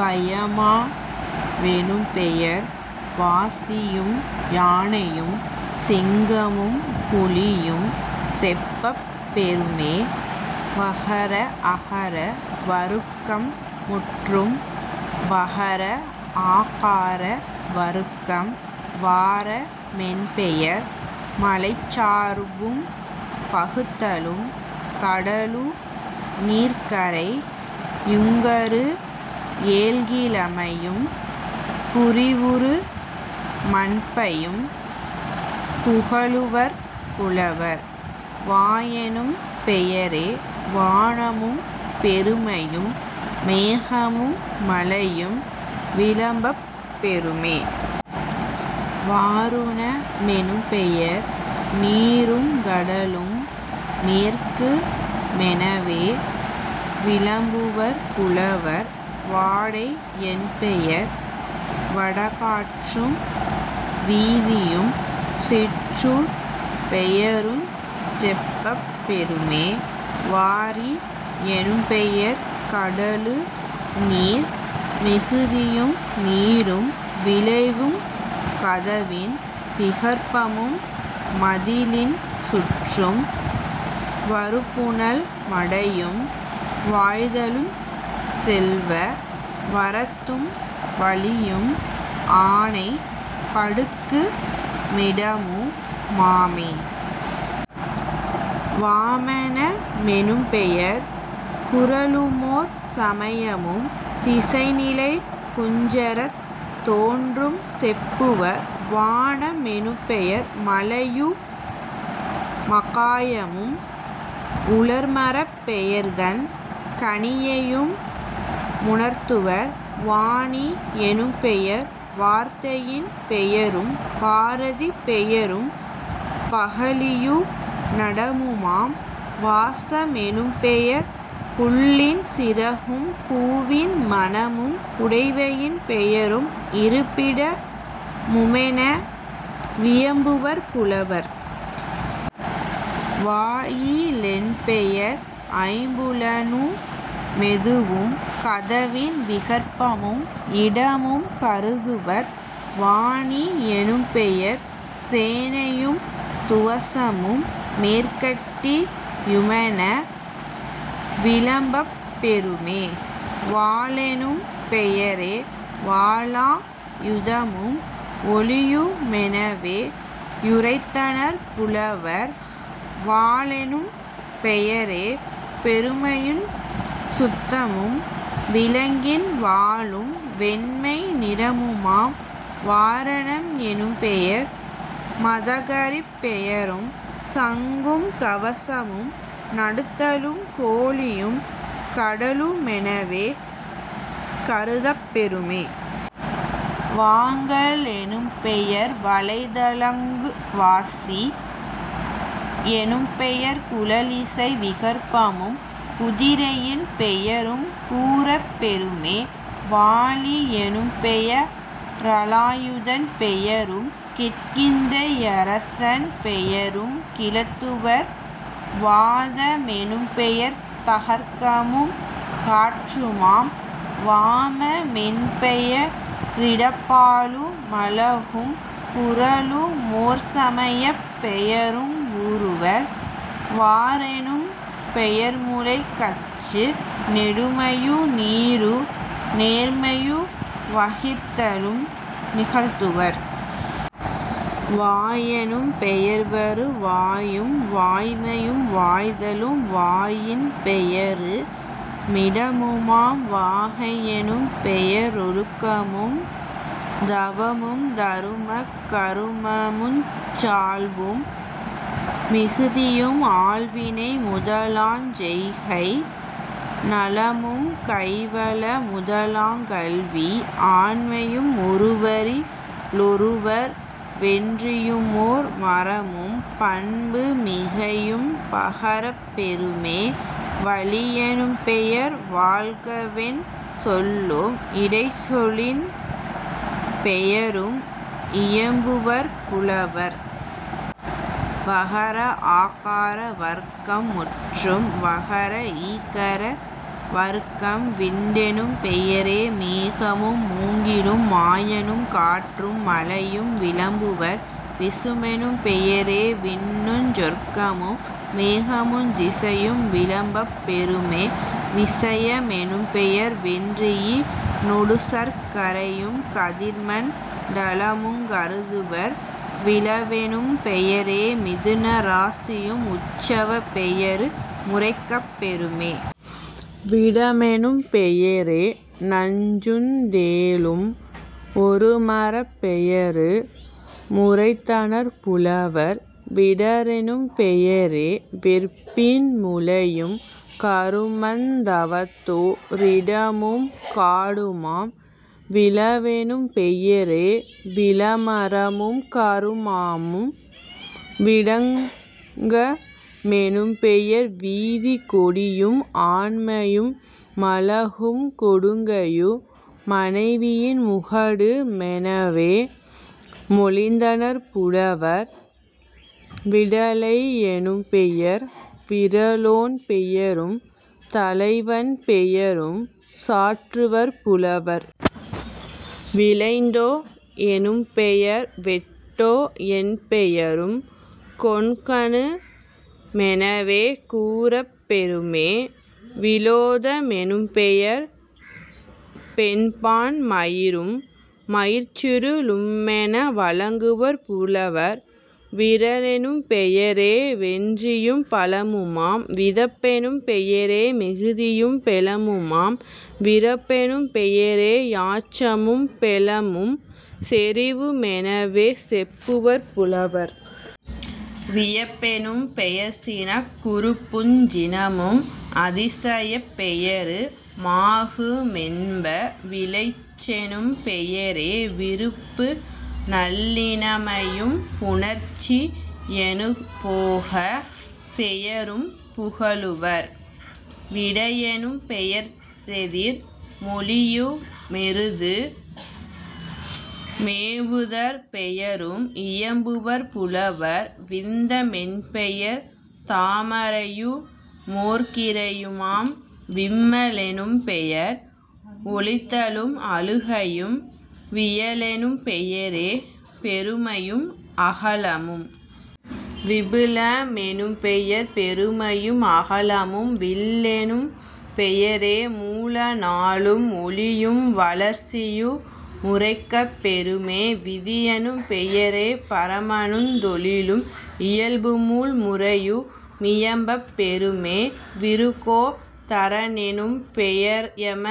வயமா வெனும்பெயர் வாசியும் யானையும் சிங்கமும் புலியும் செப்பப் பெறுமே..... வகர அகர வருக்கம் முற்றும். வகர ஆகார வருக்கம் வார மென்பெயர் மலைச்சார்பும் பகுத்தலும் கடலு நீர்க்கரை யுங்கரு ஏழ்கிழமையும் புரிவுறு மன்பையும் புகலுவர் புலவர்..... வானெனும் பெயரே வானமும் பெருமையும் மேகமும் மழையும் விளம்பப் பெறுமே..... வாருண மெனும்பெயர் நீருங் கடலும் மேற்கு மெனவே விளம்புவர் புலவர்..... வாடை யென்பெயர் வடகாற்றும் வீதியும் சிற்றூர்ப் பெயரையுஞ் செப்பப் பெறுமே..... வாரி யெனும்பெயர் கடலு நீர் மிகுதியும் நீரும் விளைவுங் கதவின் விகற்பமும் மதிலின் சுற்றும் வருபுனல் மடையும் வாய்தலுஞ் செல்வ வரத்தும் வழியும் ஆனை படுக்கு மிடமு மாமே..... வாமன மெனும்பெயர் குறளுமோர் சமயமும் திசைநிலைக் குஞ்சரத் தொன்றும் செப்புவர்..... வான மெனும்பெயர் மழையு மகாயமும் உலர்மரப் பெயரதன் கனியையு முணர்த்துவர்..... வாணி யெனும்பெயர் வார்த்தையின் பெயரும் பாரதி பெயரும் பகழியு நடமுமாம்..... வாச மெனும்பெயர் புள்ளின் சிறகும் பூவின் மணமும் புடைவையின் பெயரும் இருப்பிட முமென வியம்புவர் புலவர்..... வாயி லென்பெயர் ஐம்புலனு மெதுவும் கதவின் விகற்பமும் இடமும் கருதுவர்..... வானி யெனும்பெயர் சேனையும் துவசமும் மேற்கட்டி யுமென விளம்பப் பெறுமே..... வாளெனும் பெயரே வாளா யுதமும் ஒளியு மெனவே யுரைத்தனர் புலவர்..... வாலெனும் பெயரே பெருமையுஞ் சுத்தமும் விலங்கின் வாலும் வெண்மை நிறமுமாம்..... வாரணம் எனும்பெயர் மதகரிப் பெயரும் சங்கும் கவசமும் தடுத்தலும் கோழியும் கடலு மெனவே கருதப் பெறுமே..... வாங்கல் லெனும்பெயர் வளைத்தலுங் வாசி யெனும்பெயர் குழலிசை விகற்பமும் குதிரையின் பெயரும் கூறப் பெறுமே..... வாலி யெனும்பெய ரலாயுதன் பெயரும் கிட்கிந்தை யரசன் பெயரும் கிளத்துவர்..... வாத மெனும்பெயர் தகர்க்கமும் காற்றுமாம்..... வாம மென்பெய ரிடப்பாலு மழகும் குறளு மோர்சமையப் பெயருங் கூறுவர்..... வாரெனும் பெயர்முலைக் கச்சு நெடுமையு நீரு நேர்மையும் வகிர்தலும் நிகழ்த்துவர்..... வாயெனும் பெயர்வரு வாயும் வாய்மையும் வாய்தலும் வாயின் பெயரு மிடமுமாம்..... வாகை யெனும்பெய ரொழுக்கமும் தவமும் தருமக் கருமமுஞ் சால்பு மிகுதியும் ஆள்வினை முதலாஞ் செய்கை நலமும் கைவல முதலாங் கல்வி ஆண்மையும் ஒருவரி லொருவர் வென்றியுமோர் மரமும் பண்பு மிகையும் பகரப் பெறுமே..... வாழி யெனும்பெயர் வாழ்கவென் சொல்லும் இடைச்சொலின் பெயரும் இயம்புவர் புலவர்..... வகர ஆகார வருக்கம் முற்றும். வகர இகர வருக்கம் விண்டெனும் பெயரே மேகமும் மூங்கிலும் மாயனும் காற்றும் மலையும் விளம்புவர்..... விசும்பெனும் பெயரே விண்ணுஞ் சுவர்க்கமும் மேகமுந் திசையும் விளம்பப் பெறுமே..... விசைய மெனும்பெயர் வென்றியி னொடுசர்க் கரையுங் கதிர்மண் டலமுங் கருதுவர்..... விழவெனும் பெயரே மிதுன ராசியும் உத்சவப் பெயரு முரைக்கப் பெறுமே..... விடமெனும் பெயரே நஞ்சுந் தேளும் ஒருமரப் பெயரு முரைத்தனர் புலவர்..... விடரெனும் பெயரே வெற்பின் முழையும் கமருந் தவத்தோ ரிடமும் காடுமாம்..... விளவெனும் பெயரே விளமரமும் கமருமாம்..... விடங்க மெனும்பெயர் வீதிக் கொடியும் ஆண்மையு மழகும் கொடுங்கையு மனையின் முகடு மெனவே மொழிந்தனர் புலவர்..... விடலை யெனும்பெயர் விறலோன் பெயரும் தலைவன் பெயரும் சாற்றுவர் புலவர்..... விழைந்தோ னெனும்பெயர் வேட்டோ ன் பெயரும் கொண்கனு மெனவே கூறப் பெறுமே..... விலோத மெனும்பெயர் பெண்பான் மயிரும் மியிர்ச்சுரு ளும்மென வழங்குவர் புலவர்..... விறலெனும் பெயரே வென்றியும் பலமுமாம்..... விதப்பெனும் பெயரே மிகுதியும் பெலமுமாம்..... விறப்பெனும் பெயரே யச்சமும் பெலமும் செறிவு மெனவே செப்புவர் புலவர்..... வியப்பெனும் பெயர்சினக் குறிப்புஞ் சினமும் அதிசயப் பெயரு மாகு மென்ப..... விழைச்செனும் பெயரே விருப்பு நல்லிளமையும் புணர்ச்சி யனுபோகப் பெயரும் புகலுவர்..... விடையெனும் பெயரெதிர் மொழியு மெருது மேவுதற் பெயரும் இயம்புவர் புலவர்..... விந்த மென்பெயர் தாமரையு மோர்கிரியுமாம்..... விம்ம லெனும்பெயர் ஒலித்தலும் அழுகையும்..... வியலெனும் பெயரே பெருமையும் அகலமும்..... விபுல மெனும்பெயர் பெருமையும் அகலமும்..... வில்லெனும் பெயரே மூல நாளும் ஒளியும் வார்சிலையு முரைக்கப் பெறுமே..... விதியெனும் பெயரே பிரமனுந் தொழிலும் இயல்புமூழ் முறையு மியம்பப் பெறுமே..... விருகோ தரனெனும் பெயர்யம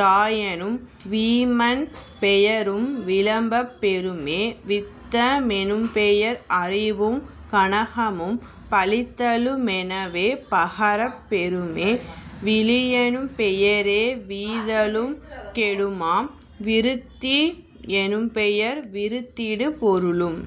ராயனும் வீமன் பெயரும் விளம்பப் பெறுமே..... வித்த மெனும்பெயர் அறிவும் கனகமும் பழித்தலு மெனவே பகரப் பெறுமே..... விளிவெனும் பெயரே வீதலும் கேடுமாம்..... விருத்தி யெனும்பெயர் விரித்திடு பொருளும்।